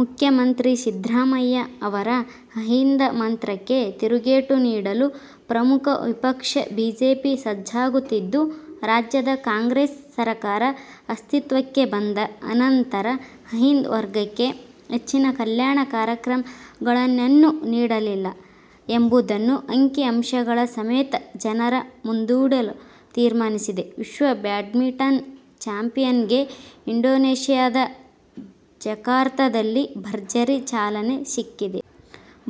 ಮುಖ್ಯಮಂತ್ರಿ ಸಿದ್ದರಾಮಯ್ಯ ಅವರ ಅಹಿಂದ ಮಂತ್ರಕ್ಕೆ ತಿರುಗೇಟು ನೀಡಲು ಪ್ರಮುಖ ವಿಪಕ್ಷ ಬಿಜೆಪಿ ಸಜ್ಜಾಗುತ್ತಿದ್ದು, ರಾಜ್ಯದ ಕಾಂಗ್ರೆಸ್ ಸರಕಾರ ಅಸ್ತಿತ್ವಕ್ಕೆ ಬಂದ ಅನಂತರ ಅಹಿಂದ ವರ್ಗಕ್ಕೆ ಹೆಚ್ಚಿನ ಕಲ್ಯಾಣ ಕಾರ್ಯಕ್ರಮಗಳನ್ನೇನೂ ನೀಡಿಲ್ಲ ಎಂಬುದನ್ನು ಅಂಕಿ- ಅಂಶಗಳ ಸಮೇತ ಜನರ ಮುಂದಿಡಲು ತೀರ್ಮಾನಿಸಿದೆ. ವಿಶ್ವ ಬ್ಯಾಡ್ಮಿಂಟನ್ ಚಾಂಪಿಯನ್ಗೆ ಇಂಡೋನೇಶ್ಯಾದ ಜಕಾರ್ತಾದಲ್ಲಿ ಭರ್ಜರಿ ಚಾಲನೆ ಸಿಕ್ಕಿದೆ.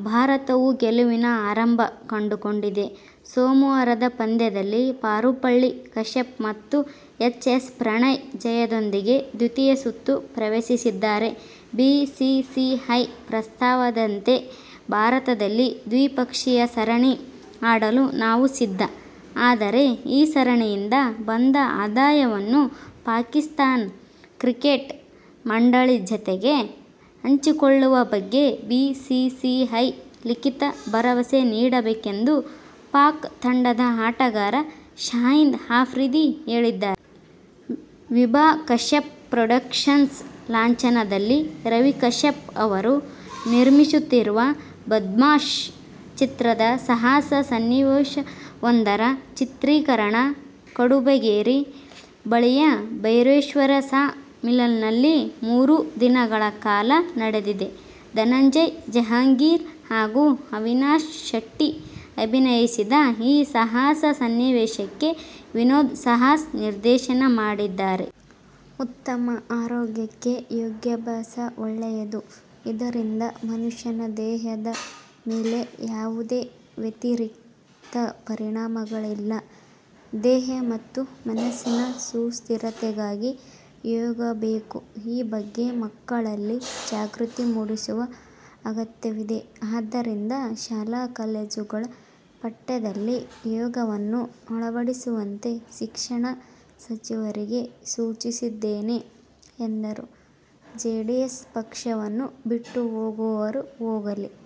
ಭಾರತವೂ ಗೆಲುವಿನ ಆರಂಭ ಕಂಡುಕೊಂಡಿದೆ. ಸೋಮವಾರದ ಪಂದ್ಯದಲ್ಲಿ ಪಾರುಪಳ್ಳಿ ಕಶ್ಯಪ್ ಮತ್ತು ಎಚ್. ಎಸ್. ಪ್ರಣಯ್ ಜಯದೊಂದಿಗೆ ದ್ವಿತೀಯ ಸುತ್ತು ಪ್ರವೇಶಿಸಿದ್ದಾರೆ. ಬಿಸಿಸಿಐ ಪ್ರಸ್ತಾವದಂತೆ ಭಾರತದಲ್ಲಿ ದ್ವಿಪಕ್ಷೀಯ ಸರಣಿ ಆಡಲು ನಾವು ಸಿದ್ಧ. ಆದರೆ ಈ ಸರಣಿಯಿಂದ ಬಂದ ಆದಾಯವನ್ನು ಪಾಕಿಸ್ಥಾನ ಕ್ರಿಕೆಟ್ ಮಂಡಳಿ ಜತೆಗೆ ಹಂಚಿಕೊಳ್ಳುವ ಬಗ್ಗೆ ಬಿಸಿಸಿಐ ಲಿಖೀತ ಭರವಸೆ ನೀಡಬೇಕು ಎಂದು ಪಾಕ್ ತಂಡದ ಆಟಗಾರ ಶಾಹಿದ್ ಆಫ್ರಿದಿ ಹೇಳಿದ್ದಾರೆ. ವಿಭಾ ಕಶ್ಯಪ್ ಪ್ರೊಡಕ್ಷನ್ಸ್ ಲಾಂಛನದಲ್ಲಿ ರವಿ ಕಶ್ಯಪ್ ಅವರು ನಿರ್ಮಿಸುತ್ತಿರುವ "ಬದ್ಮಾಶ್' ಚಿತ್ರದ ಸಾಹಸ ಸನ್ನಿವೇಶವೊಂದರ ಚಿತ್ರೀಕರಣ ಕಡಬುಗೆರೆ ಬಳಿಯ ಭೈರವೇಶ್ವರ ಸಾ ಮಿಲ್ನಲ್ಲಿ ಮೂರು ದಿನಗಳ ಕಾಲ ನಡೆದಿದೆ. ಧನಂಜಯ್, ಜಹಂಗೀರ್ ಹಾಗೂ ಅವಿನಾಶ್ ಶೆಟ್ಟಿ ಅಭಿನಯಿಸಿದ ಈ ಸಾಹಸ ಸನ್ನಿವೇಶಕ್ಕೆ ವಿನೋದ್ ಸಾಹಸ ನಿರ್ದೇಶನ ಮಾಡಿದ್ದಾರೆ. ಉತ್ತಮ ಆರೋಗ್ಯಕ್ಕೆ ಯೋಗಾಭ್ಯಾಸ ಒಳ್ಳೆಯದು. ಇದರಿಂದ ಮನುಷ್ಯನ ದೇಹದ ಮೇಲೆ ಯಾವುದೇ ವ್ಯತಿರಿಕ್ತ ಪರಿಣಾಮಗಳಿಲ್ಲ. ದೇಹ ಮತ್ತು ಮನಸ್ಸಿನ ಸುಸ್ಥಿರತೆಗಾಗಿ ಯೋಗ ಬೇಕು. ಈ ಬಗ್ಗೆ ಮಕ್ಕಳಲ್ಲಿ ಜಾಗೃತಿ ಮೂಡಿಸುವ ಅಗತ್ಯವಿದೆ. ಆದ್ದರಿಂದ ಶಾಲಾ-ಕಾಲೇಜುಗಳ ಪಠ್ಯದಲ್ಲಿ ಯೋಗವನ್ನು ಅಳವಡಿಸುವಂತೆ ಶಿಕ್ಷಣ ಸಚಿವರಿಗೆ ಸೂಚಿಸಿದ್ದೇನೆ ಎಂದರು. ಜೆಡಿಎಸ್ ಪಕ್ಷವನ್ನು ಬಿಟ್ಟು ಹೋಗುವವರು ಹೋಗಲಿ.